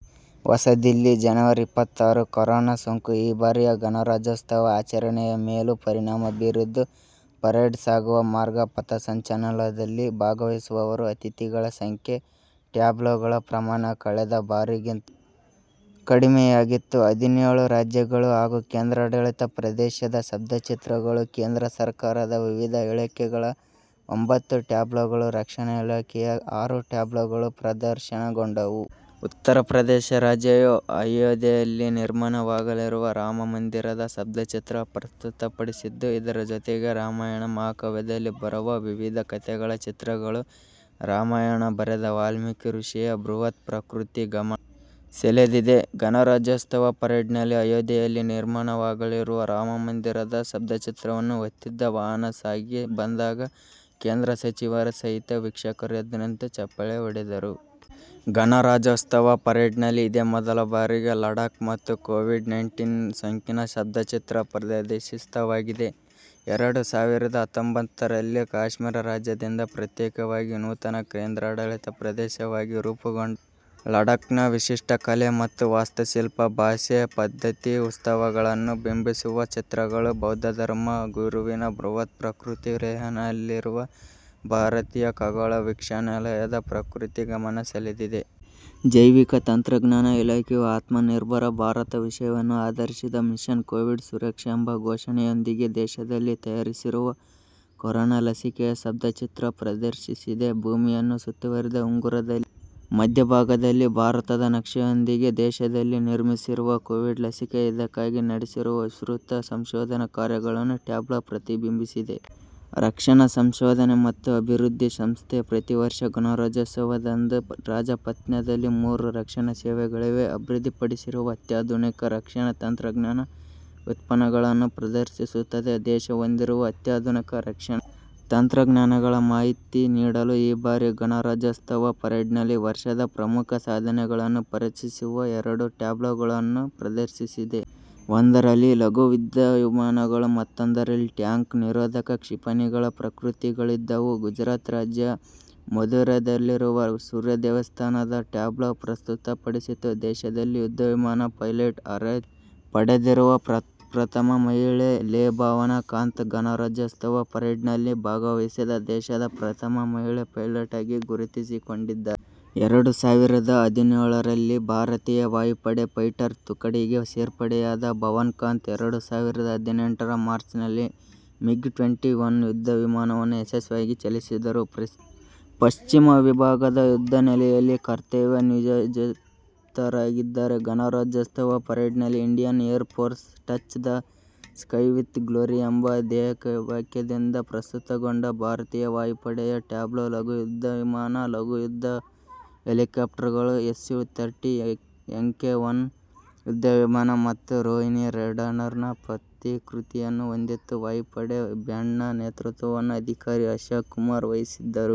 ಹೊಸದಿಲ್ಲಿ, ಜನವರಿ ಇಪ್ಪತ್ತಾರು: ಕೊರೋನ ಸೋಂಕು ಈ ಬಾರಿಯ ಗಣರಾಜ್ಯೋತ್ಸವ ಆಚರಣೆಯ ಮೇಲೂ ಪರಿಣಾಮ ಬೀರಿದ್ದು ಪರೇಡ್ ಸಾಗುವ ಮಾರ್ಗ, ಪಥಸಂಚಲನದಲ್ಲಿ ಭಾಗವಹಿಸುವವರು, ಅತಿಥಿಗಳ ಸಂಖ್ಯೆ, ಟ್ಯಾಬ್ಲೊಗಳ ಪ್ರಮಾಣ ಕಳೆದ ಬಾರಿಗಿಂತ ಕಡಿಮೆಯಾಗಿತ್ತು. ಹದಿನೇಳು ರಾಜ್ಯಗಳು ಹಾಗೂ ಕೇಂದ್ರಾಡಳಿತ ಪ್ರದೇಶದ ಸ್ತಬ್ಧಚಿತ್ರಗಳು, ಕೇಂದ್ರ ಸರಕಾರದ ವಿವಿಧ ಇಲಾಖೆಗಳ ಒಂಭತ್ತು ಟ್ಯಾಬ್ಲೊಗಳು, ರಕ್ಷಣಾ ಇಲಾಖೆಯ ಆರು ಟ್ಯಾಬ್ಲೊಗಳು ಪ್ರದರ್ಶನಗೊಂಡವು. ಉತ್ತರಪ್ರದೇಶ ರಾಜ್ಯವು ಅಯೋಧ್ಯೆಯಲ್ಲಿ ನಿರ್ಮಾಣವಾಗಲಿರುವ ರಾಮಮಂದಿರದ ಸ್ತಬ್ಧಚಿತ್ರ ಪ್ರಸ್ತುತಪಡಿಸಿದ್ದು ಇದರ ಜೊತೆಗೆ ರಾಮಾಯಣ ಮಹಾಕಾವ್ಯದಲ್ಲಿ ಬರುವ ವಿವಿಧ ಕತೆಗಳ ಚಿತ್ರಗಳು, ರಾಮಾಯಣ ಬರೆದ ವಾಲ್ಮೀಕಿ ಋಷಿಯ ಬೃಹತ್ ಪ್ರತಿಕೃತಿ ಗಮನ ಸೆಳೆದಿದೆ. ಗಣರಾಜ್ಯೋತ್ಸವ ಪರೇಡ್ನಲ್ಲಿ ಅಯೋಧ್ಯೆಯಲ್ಲಿ ನಿರ್ಮಾಣವಾಗಲಿರುವ ರಾಮಮಂದಿರದ ಸ್ತಬ್ಧಚಿತ್ರವನ್ನು ಹೊತ್ತಿದ್ದ ವಾಹನ ಸಾಗಿ ಬಂದಾಗ ಕೇಂದ್ರ ಸಚಿವರ ಸಹಿತ ವೀಕ್ಷಕರು ಎದ್ದುನಿಂತು ಚಪ್ಪಾಳೆ ಹೊಡೆದರು. ಗಣರಾಜ್ಯೋತ್ಸವ ಪರೇಡ್ನಲ್ಲಿ ಇದೇ ಮೊದಲ ಬಾರಿಗೆ ಲಡಾಕ್ ಮತ್ತು ಕೋವಿಡ್-ನೈನ್ಟೀನ್ ಸೋಂಕಿನ ಸ್ತಬ್ಧಚಿತ್ರ ಪ್ರದರ್ಶಿತವಾಗಿದೆ. ಎರಡು ಸಾವಿರದ ಹತ್ತೊಂಬತ್ತುರಲ್ಲಿ ಕಾಶ್ಮೀರ ರಾಜ್ಯದಿಂದ ಪ್ರತ್ಯೇಕವಾಗಿ ನೂತನ ಕೇಂದ್ರಾಡಳಿತ ಪ್ರದೇಶವಾಗಿ ರೂಪುಗೊಂಡ ಲಡಾಕ್ನ ವಿಶಿಷ್ಟ ಕಲೆ ಮತ್ತು ವಾಸ್ತುಶಿಲ್ಪ, ಭಾಷೆ, ಪದ್ಧತಿ, ಉತ್ಸವಗಳನ್ನು ಬಿಂಬಿಸುವ ಚಿತ್ರಗಳು, ಬೌದ್ಧ ಧರ್ಮ ಗುರುವಿನ ಬೃಹತ್ ಪ್ರತಿಕೃತಿ, ಲೇಹ್ನಲ್ಲಿರುವ ಭಾರತೀಯ ಖಗೋಳ ವೀಕ್ಷಣಾಲಯದ ಪ್ರತಿಕೃತಿ ಗಮನ ಸೆಳೆದಿದೆ. ಜೈವಿಕ ತಂತ್ರಜ್ಞಾನ ಇಲಾಖೆಯು ಆತ್ಮನಿರ್ಭರ ಭಾರತ ವಿಷಯವನ್ನು ಆಧರಿಸಿದ 'ಮಿಷನ್ ಕೋವಿಡ್ ಸುರಕ್ಷಾ' ಎಂಬ ಘೋಷಣೆಯೊಂದಿಗೆ ದೇಶದಲ್ಲಿ ತಯಾರಿಸಿರುವ ಕೊರೋನ ಲಸಿಕೆಯ ಸ್ತಬ್ಧಚಿತ್ರ ಪ್ರದರ್ಶಿಸಿದೆ. ಭೂಮಿಯನ್ನು ಸುತ್ತುವರಿದ ಉಂಗುರದಲ್ಲಿ ಮಧ್ಯಭಾಗದಲ್ಲಿ ಭಾರತದ ನಕ್ಷೆಯೊಂದಿಗೆ, ದೇಶದಲ್ಲಿ ನಿರ್ಮಿಸಿರುವ ಕೋವಿಡ್ ಲಸಿಕೆ, ಇದಕ್ಕಾಗಿ ನಡೆಸಿರುವ ವಿಸ್ತೃತ ಸಂಶೋಧನಾ ಕಾರ್ಯಗಳನ್ನು ಟ್ಯಾಬ್ಲೊ ಪ್ರತಿಬಿಂಬಿಸಿದೆ. ರಕ್ಷಣಾ ಸಂಶೋಧನೆ ಮತ್ತು ಅಭಿವೃದ್ಧಿ ಸಂಸ್ಥೆ ಪ್ರತೀ ವರ್ಷ ಗಣರಾಜ್ಯೋತ್ಸವದಂದು ರಾಜಪಥ್ನಲ್ಲಿ ಮೂರೂ ರಕ್ಷಣಾ ಸೇವೆಗಳಿಗೆ ಅಭಿವೃದ್ಧಿಪಡಿಸಿರುವ ಅತ್ಯಾಧುನಿಕ ರಕ್ಷಣಾ ತಂತ್ರಜ್ಞಾನ ಉತ್ಪನ್ನಗಳನ್ನು ಪ್ರದರ್ಶಿಸುತ್ತದೆ. ದೇಶ ಹೊಂದಿರುವ ಅತ್ಯಾಧುನಿಕ ರಕ್ಷಣಾ ತಂತ್ರಜ್ಞಾನಗಳ ಮಾಹಿತಿ ನೀಡಲು ಈ ಬಾರಿಯ ಗಣರಾಜ್ಯೋತ್ಸವ ಪರೇಡ್ನಲ್ಲಿ ವರ್ಷದ ಪ್ರಮುಖ ಸಾಧನೆಗಳನ್ನು ಪರಿಚಯಿಸುವ ಎರಡು ಟ್ಯಾಬ್ಲೊಗಳನ್ನು ಪ್ರದರ್ಶಿಸಿದೆ. ಒಂದರಲ್ಲಿ ಲಘು ಯುದ್ಧವಿಮಾನಗಳು, ಮತ್ತೊಂದರಲ್ಲಿ ಟ್ಯಾಂಕ್ ನಿರೋಧಕ ಕ್ಷಿಪಣಿಗಳ ಪ್ರತಿಕೃತಿಗಳಿದ್ದವು. ಗುಜರಾತ್ ರಾಜ್ಯ ಮೊಧೇರಾದಲ್ಲಿರುವ ಸೂರ್ಯ ದೇವಸ್ಥಾನದ ಟ್ಯಾಬ್ಲೊ ಪ್ರಸ್ತುತ ಪಡಿಸಿತು. ದೇಶದಲ್ಲಿ ಯುದ್ಧವಿಮಾನದ ಪೈಲಟ್ ಅರ್ಹತೆ ಪಡೆದಿರುವ ಪ್ರಪ್ರಥಮ ಮಹಿಳೆ ಲೆ ಭಾವನಾ ಕಾಂತ್, ಗಣರಾಜ್ಯೋತ್ಸವ ಪರೇಡ್ನಲ್ಲಿ ಭಾಗವಹಿಸಿದ ದೇಶದ ಪ್ರಥಮ ಮಹಿಳಾ ಪೈಲಟ್ ಆಗಿ ಗುರುತಿಸಿಕೊಂಡಿದ್ದಾರೆ. ಎರಡು ಸಾವಿರದ ಹದಿನೇಳರಲ್ಲಿ ಭಾರತೀಯ ವಾಯುಪಡೆಯ ಫೈಟರ್ ತುಕಡಿಗೆ ಸೇರ್ಪಡೆಯಾದ ಭಾವನಾ ಕಾಂತ್, ಎರಡು ಸಾವಿರದ ಹದಿನೆಂಟರ ಮಾರ್ಚ್ನಲ್ಲಿ ಮಿಗ್-ಟ್ವೆಂಟಿ ಒನ್ ಯುದ್ಧವಿಮಾನವನ್ನು ಯಶಸ್ವಿಯಾಗಿ ಚಲಾಯಿಸಿದ್ದರು. ಪ್ರಸ್ತುತ ಪಶ್ಚಿಮ ವಿಭಾಗದ ಯುದ್ಧನೆಲೆಯಲ್ಲಿ ಕರ್ತವ್ಯ ನಿಯೋಜಿತರಾಗಿದ್ದಾರೆ. ಗಣರಾಜ್ಯೋತ್ಸವ ಪರೇಡ್ನಲ್ಲಿ 'Indian air force: touch the sky with glory' ಎಂಬ ಧ್ಯೇಯವಾಕ್ಯದೊಂದಿಗೆ ಪ್ರಸ್ತುತಗೊಂಡ ಭಾರತೀಯ ವಾಯಪಡೆಯ ಟ್ಯಾಬ್ಲೊ ಲಘು ಯುದ್ಧವಿಮಾನ, ಲಘು ಯುದ್ಧ ಹೆಲಿಕಾಪ್ಟರ್ಗಳು, ಎಸ್ಯು- ಥರ್ಟಿ ಎಂಕೆ-ಒನ್ ಯುದ್ಧವಿಮಾನ ಮತ್ತು ರೋಹಿಣಿ ರೇಡಾರ್ನ ಪ್ರತಿಕೃತಿಯನ್ನು ಹೊಂದಿತ್ತು. ವಾಯುಪಡೆ ಬ್ಯಾಂಡ್ನ ನೇತೃತ್ವವನ್ನು ಅಧಿಕಾರಿ ಅಶೋಕ್ ಕುಮಾರ್ ವಹಿಸಿದ್ದರು.